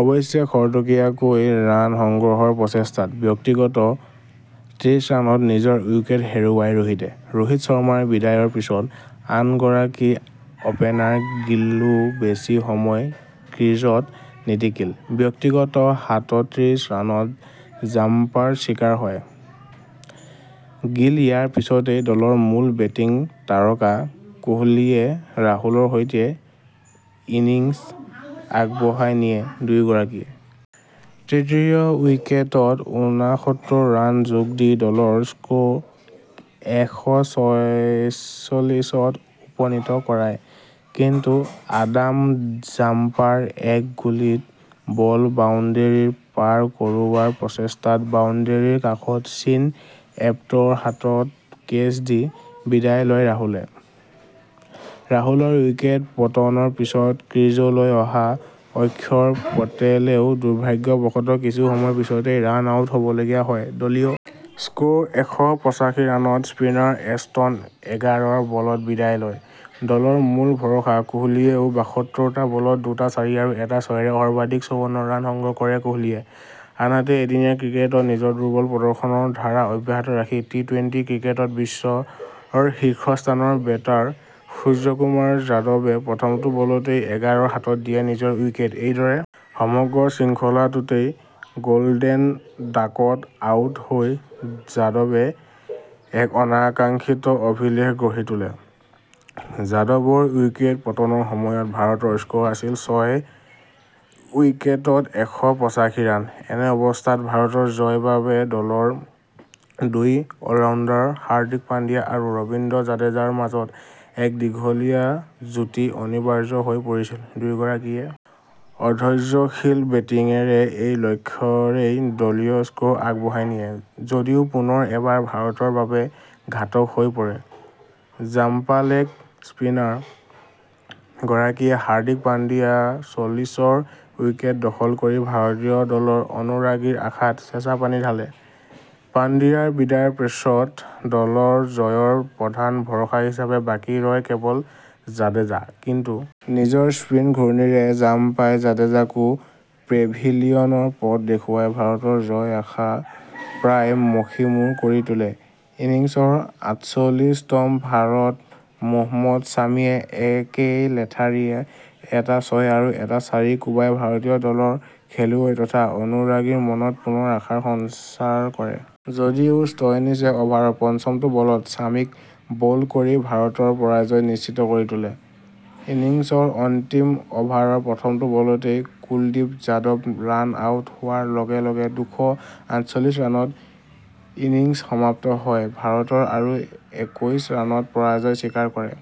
অৱশ্যে খৰতকীয়াকৈ ৰান সংগ্ৰহৰ প্ৰচেষ্টাত ব্যক্তিগত ত্ৰিছ ৰানত নিজৰ উইকেট হেৰুৱায় ৰোহিতে। ৰোহিত শৰ্মাৰ বিদায়ৰ পিছত আনগৰাকী অপেনাৰ গিলো বেছি সময় ক্ৰীজত নিটিকিল। ব্যক্তিগত সাতত্ৰিছ ৰানত জাম্পাৰ চিকাৰ হয়। গিল ইয়াৰ পিছতে দলৰ মূল বেটিং তাৰকা কোহলিয়ে ৰাহুলৰ সৈতে ইনিংছ আগবঢ়াই নিয়ে। দুয়োগৰাকীয়ে তৃতীয় উইকেটত উনাসত্তৰ ৰান যোগ দি দলৰ স্ক এশ ছয়চল্লিছত উপনীত কৰায়। কিন্তু আডাম জাম্পাৰ এক গুলীত বল বাউণ্ডেৰীৰ পাৰ কৰোৱাৰ প্ৰচেষ্টাত বাউণ্ডেৰীৰ কাষত চিন এবটৰ হাতত কেচ দি বিদায় লয় ৰাহুলে। ৰাহুলৰ উইকেট পতনৰ পিছত ক্ৰীজলৈ অহা অক্ষৰ পেটেলেও দুৰ্ভাগ্যৱশত কিছুসময় পিছতে ৰান আউট হবলগীয়া হয়। দলীয় স্ক এশ পচাশী ৰানত স্পিনাৰ এষ্টন এগাৰৰ বলত বিদায় লয় ।দলৰ মূল ভৰসা কোহলীয়েও বাসত্তৰটা বলত দুটা চাৰি আৰু এটা ছয়েৰে সৰ্বাধিক চৌৱন্ন ৰান সংগ্ৰহ কৰে কোহলীয়ে। আনহাতে এদিনীয়া ক্ৰিকেটত নিজৰ দুৰ্বল প্ৰদৰ্শনৰ ধাৰা অব্যাহত ৰাখি টি- টুৱেন্টি ক্ৰিকেটত বিশ্বৰ শীৰ্ষস্থানৰ বেটাৰ সূৰ্যকুমাৰ যাদৱে প্ৰথমটো বলতে এগাৰৰ হাতত দিয়ে নিজৰ উইকেট। এইদৰে সমগ্ৰ শৃংখলাটোতে গল্ডেন ডাকত আউট হৈ যাদৱে এক অনাকাংক্ষিত অভিলেখ গঢ়ি তোলে। যাদৱৰ উইকেট পতনৰ সময়ত ভাৰতৰ স্ক আছিল ছয় উইকেটত এশ পচাশী ৰান, এনে অৱস্থাত ভাৰতৰ জয়ৰ বাবে দলৰ দুই অলৰাউণ্ডাৰ হাৰ্দিক পাণ্ডিয়া আৰু ৰবীন্দ্ৰ জাদেজাৰ মাজত এক দীঘলীয়া যুটি অনিবাৰ্য হৈ পৰিছিল। দুয়োগৰাকীয়ে অধৈৰ্য্যশীল বেটিঙেৰে এই লক্ষ্যৰেই দলীয় স্ক আগবঢ়াই নিয়ে ।যদিও পুনৰ এবাৰ ভাৰতৰ বাবে ঘাতক হৈ পৰে। জাম্পালেগ স্পিনাৰ গৰাকীয়ে হাৰ্দিক পাণ্ডিয়া চল্লিছৰ উইকেট দখল কৰি ভাৰতীয় দলৰ অনুৰাগীৰ আশাত চেঁচাপানী ঢালে। পাণ্ডিয়াৰ বিদায়ৰ পিছত দলৰ জয়ৰ প্ৰধান ভৰসা হিচাপে বাকী ৰয় কেৱল জাদেজা। কিন্তু নিজৰ স্পীন ঘূৰ্ণীৰে জাম্পাই জাদেজাকো পেভিলিয়নৰ পথ দেখুৱাই ভাৰতৰ জয় আশা প্ৰায় মষিমূৰ কৰি তোলে। ইনিংছৰ আঠচল্লিশ তম ভাৰত মহম্মদ ছামিয়ে একে লেঠাৰিয়ে এটা ছয় আৰু এটা চাৰি কোবাই ভাৰতীয় দলৰ খেলুৱৈ তথা অনুৰাগীৰ মনত পুনৰ আশাৰ সঞ্চাৰ কৰে। যদিও ষ্টইনিছে অভাৰ পঞ্চমটো বলত ছামিক বল্ড কৰি ভাৰতৰ পৰাজয় নিশ্চিত কৰি তোলে। ইনিংছৰ অন্তিম অভাৰৰ প্ৰথমটো বলতে কুলদীপ যাদৱ ৰান আউট হোৱাৰ লগ লগে দুশ আঠচল্লিশ ৰানত ইনিংছ সমাপ্ত হয় ভাৰতৰ আৰু একৈছ ৰানত পৰাজয় স্বীকাৰ কৰে।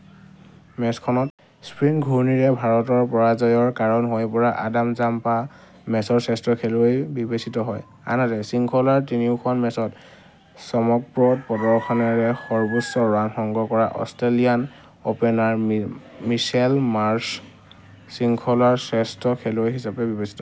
মেচখনত স্পীন ঘূৰ্ণীৰে ভাৰতৰ পৰাজয়ৰ কাৰণ হৈ পৰা আডাম জাম্পা মেচৰ শ্ৰেষ্ঠ খেলুৱৈ বিবেচিত হয়। আনহাতে শৃংখলাৰ তিনিওখন মেচতে চমকপ্ৰদ প্ৰদৰ্শনেৰে সৰ্বোচ্চ ৰান সংগ্ৰহ কৰা অষ্ট্ৰেলিয়ান অপেনাৰ মিচেল মাৰ্শ্ব শৃংখলাৰ শ্ৰেষ্ঠ খেলুৱৈ হিচাপে বিবেচিত হয়।